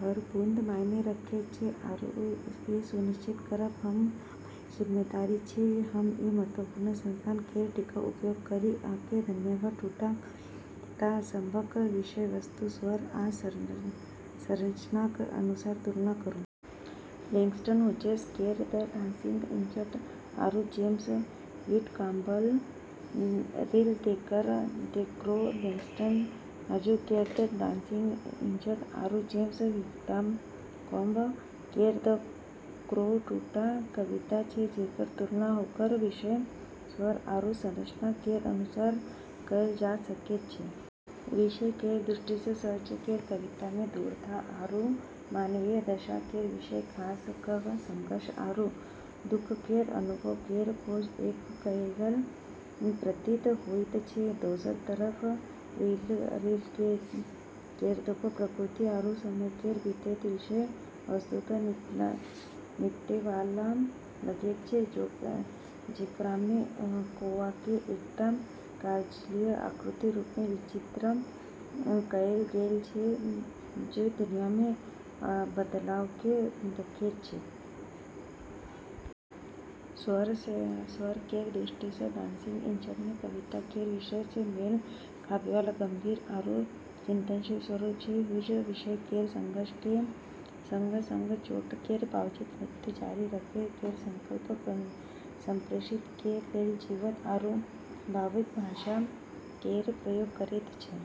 हर बूंद मायने रखैत छै, आरू ई सुनिश्चित करब हमर सामूहिक जिम्मेदारी छै जे हम ई महत्वपूर्ण संसाधन केर टिकाऊ उपयोग करी। अहाँकेँ धन्यवाद। दूटा कविता सभक विषय-वस्तु, स्वर, आ संरचनाक अनुसार तुलना करू। लैंगस्टन ह्यूजेस केर द डांसिंग इंजर्ड आरू जेम्स व्हिटकॉम्ब रिले केर द क्रो। लैंगस्टन ह्यूज केर द डांसिंग इंजर्ड आरू जेम्स व्हिटकॉम्ब केर द क्रो दूटा कविता छै जेकर तुलना ओकर विषय, स्वर आरू संरचना केर अनुसार कएल जा सकैत छै। विषय केर दृष्टिसँ ह्यूज केर कवितामे दृढ़ता आरू मानवीय दशा केर विषय खास कऽ कऽ संघर्ष आरू दुख केर अनुभव केर खोज कएल गेल प्रतीत होइत छै। दोसर तरफ रिले केर द क्रो प्रकृति आरू समय केर बीतैत विषय-वस्तुसँ निपटैवाला लगैत छै, जेकरामे कौआकेँ एकटा कालजयी आकृतिक रूपमे चित्रित कएल गेल छै जे दुनियामे बदलावकेँ देखैत छै। स्वर केर दृष्टिसँ द डांसिंग इंजर्डमे कविता केर विषयसँ मेल खाबैवाला गंभीर आरू चिंतनशील स्वर छै। ह्यूज विषय केर संघर्ष केर संग-संग चोट केर बावजूद नृत्य जारी रखै केर संकल्पकेँ संप्रेषित करै लेल जीवंत आरू भावुक भाषा केर प्रयोग करैत छै।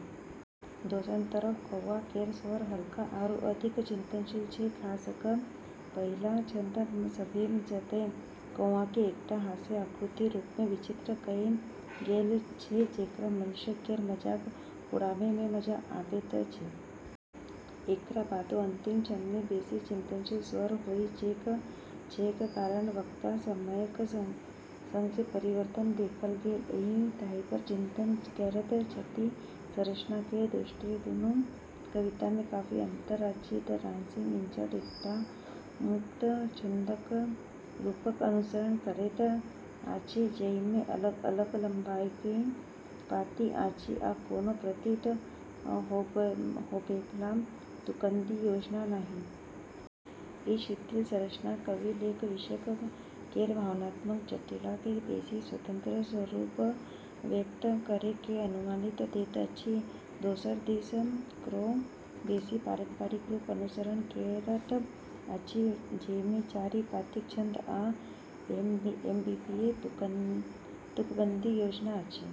दोसर तरफ कौआ केर स्वर हल्का आरू अधिक चिंतनशील छै, खास कऽ कऽ पहिल छंद सभमे जतए कौआकेँ एकटा हास्य आकृतिक रूपमे चित्रित कएल गेल छै जेकरा मनुष्य केर मजाक उड़ाबैमे मजा आबैत छै। एकरा बादो अंतिम छंदमे बेसी चिंतनशील स्वर होइत छैक, कारण वक्ता समयक संग जे परिवर्तन देखल गेल अछि ताहिपर चिंतन करैत छथि। संरचना केर दृष्टिएँ दूनू कवितामे काफी अंतर अछि। द डांसिंग इंजर्ड एकटा मुक्त छंद रूपक अनुसरण करैत अछि, जाहिमे अलग-अलग लंबाईक पाँति अछि आ कोनो प्रतीत होबैबला तुकबंदी योजना नहि। ई शिथिल संरचना कवि लेल विषय केर भावनात्मक जटिलताकेँ बेसी स्वतंत्र रूपसँ व्यक्त करै केर अनुमति दैत अछि। दोसर दिस द क्रो बेसी पारंपरिक रूपक अनुसरण करैत अछि, जाहिमे चारि पाँतिक छंद आ एएबीबीए तुकबंदी योजना अछि।